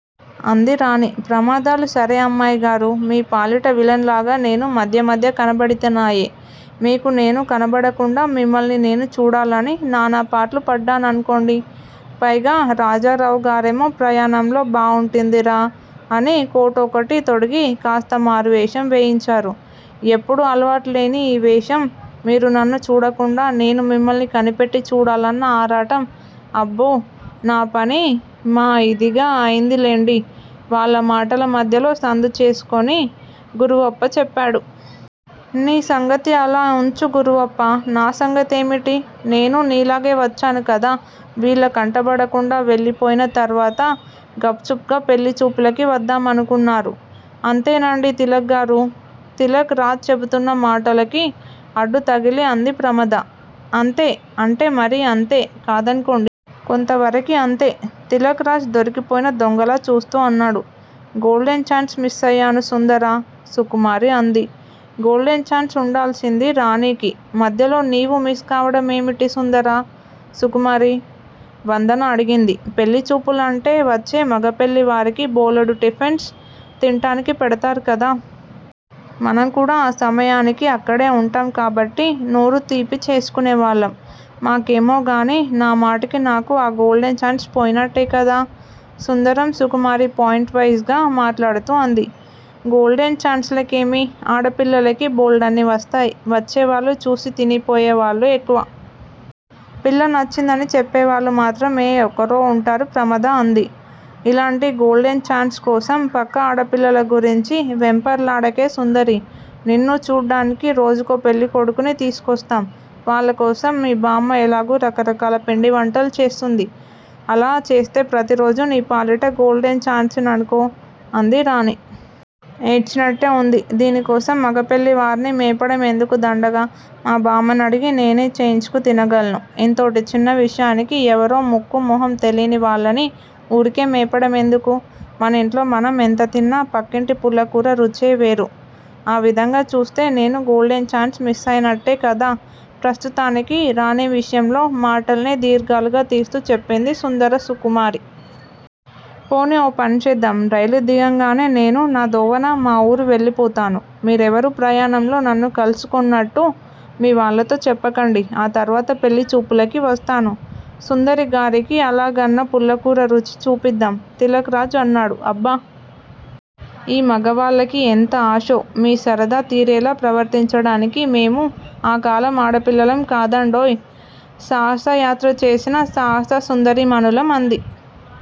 అంది రాణి. ప్రమాదాలు సరే అమ్మాయిగారు మీ పాలిట విలన్ లాగా నేను మధ్య మధ్య కనబడితినాయె. మీకు నేను కనబడకుండా మిమ్మల్ని నేను చూడాలని నానాపాట్లు పడ్డాననుకోండి. పైగా రాజారావుగారేమో ప్రయాణంలో బావుంటుందిరా! అని కోటు ఒకటి తొడిగి కాస్త మారువేషం వేయించారు. ఎప్పుడూ అలవాటులేని ఈ వేషం మీరు నన్ను చూడకుండా నేను మిమ్మల్ని కనిపెట్టి చూడాలన్న ఆరాటం అబ్బో నా పని మా ఇదిగా అయిందిలెండి వాళ్ళ మాటల మధ్యలో సందు చేసుకొని గురవప్ప చెప్పాడు. నీ సంగతి అలా ఉంచు గురవప్పా నా సంగతేమిటి? నేనూ నీలాగే వచ్చాను కదా వీళ్ళ కంటబడకుండా వెళ్ళిపోయిన తరువాత గప్ చుప్ గా పెళ్ళిచూపులకి వద్దామనుకున్నారు. అంతేనాండి తిలక్ గారు? తిలక్ రాజ్ చెబుతున్న మాటలకు అడ్డు తగిలి అంది ప్రమద. అంతే అంటే మరీ అంతే కాదనుకోండి. కొంతవరకు అంతే తిలక్ రాజ్ దొరికిపోయిన దొంగలా చూస్తూ అన్నాడు. గోల్డెన్ ఛాన్స్ మిస్సయ్యాను సుందర సుకుమారి అంది. గోల్డెన్ ఛాన్స్ ఉండాల్సింది రాణీకి. మధ్యలో నీవు మిస్ కావడమేమిటే సుందర సుకుమారీ! వందన అడిగింది. పెళ్ళి చూపులంటే వచ్చే మగపెళ్ళివారికి బోలెడు టిఫెన్స్ తింటానికి పెడతారు కదా! మనం కూడా ఆ సమయానికి అక్కడే ఉంటాం కాబట్టి నోరు తీపి చేసుకొనేవాళ్ళం. మీకేమోగాని నా మటుకు నాకు ఆ గోల్డెన్ ఛాన్స్ పోయినట్టే కదా! సుందర సుకుమారి పాయింట్ వైజ్ గా మాట్లాడుతూ అంది. గోల్డెన్ ఛాన్సులకేమి? ఆడపిల్లలకి బోల్డన్ని వస్తాయి. వచ్చేవాళ్ళు చూసి తినిపోయేవాళ్ళు ఎక్కువ. పిల్ల నచ్చిందని చెప్పేవాళ్ళు మాత్రం ఏ ఒక్కరో ఉంటారు ప్రమద అంది. ఇలాంటి గోల్డెన్ ఛాన్స్ కోసం పక్క ఆడపిల్లల గురించి వెంపర్లాడకే సుందరీ! నిన్ను చూడ్డానికి రోజుకో పెళ్ళికొడుకుని తీసుకొస్తాం. వాళ్ళకోసం మీ బామ్మ ఎలాగూ రకరకాల పిండి వంటలు చేస్తుంది. అలా చేస్తే ప్రతిరోజూ నీ పాలిట గోల్డెన్ ఛాన్సేననుకో అంది రాణి. ఏడ్చినట్టే ఉంది. దీనికోసం మగపెళ్ళివారిని మేపడం ఎందుకు దండగ. మా బామ్మనడిగి నేనే చేయించుకు తినగలను. ఇంతోటి చిన్న విషయానికి ఎవరో ముక్కూ మొహం తెలీని వాళ్ళని ఊరికే మేపడం ఎందుకు? మనింట్లో మనం ఎంత తిన్నా పక్కింటి పుల్లకూర రుచే వేరు. ఆ విధంగా చూస్తే నేను గోల్డెన్ ఛాన్స్ మిస్సయినట్టే కదా ప్రస్తుతానికి రా ణి విషయంలో మాటల్నే దీర్ఘాలుగా తీస్తూ చెప్పింది సుందర సుకుమారి. పోనీ ఓ పని చేద్దాం. రైలు దిగంగానే నేను నా దోవన మా ఊరు వెళ్ళిపోతాను. మీరెవరూ ప్రయాణంలో నన్ను కలుసుకొన్నట్టు మీ వాళ్ళతో చెప్పకండి. ఆ తరువాత పెళ్ళిచూపులకి వస్తాను. సుందరి గారికి అలాగన్నా పుల్లకూర రుచి చూపిద్దాం తిలక్ రాజ్ అన్నాడు. అబ్బా! ఈ మగవాళ్ళకి ఎంత ఆశో! మీ సరదా తీరేలా ప్రవర్తించడానికి మేము ఆ కాలం ఆడపిల్లలం కాదండోయ్. సాహసయాత్ర చేసిన సాహస సుందరీమణులం అంది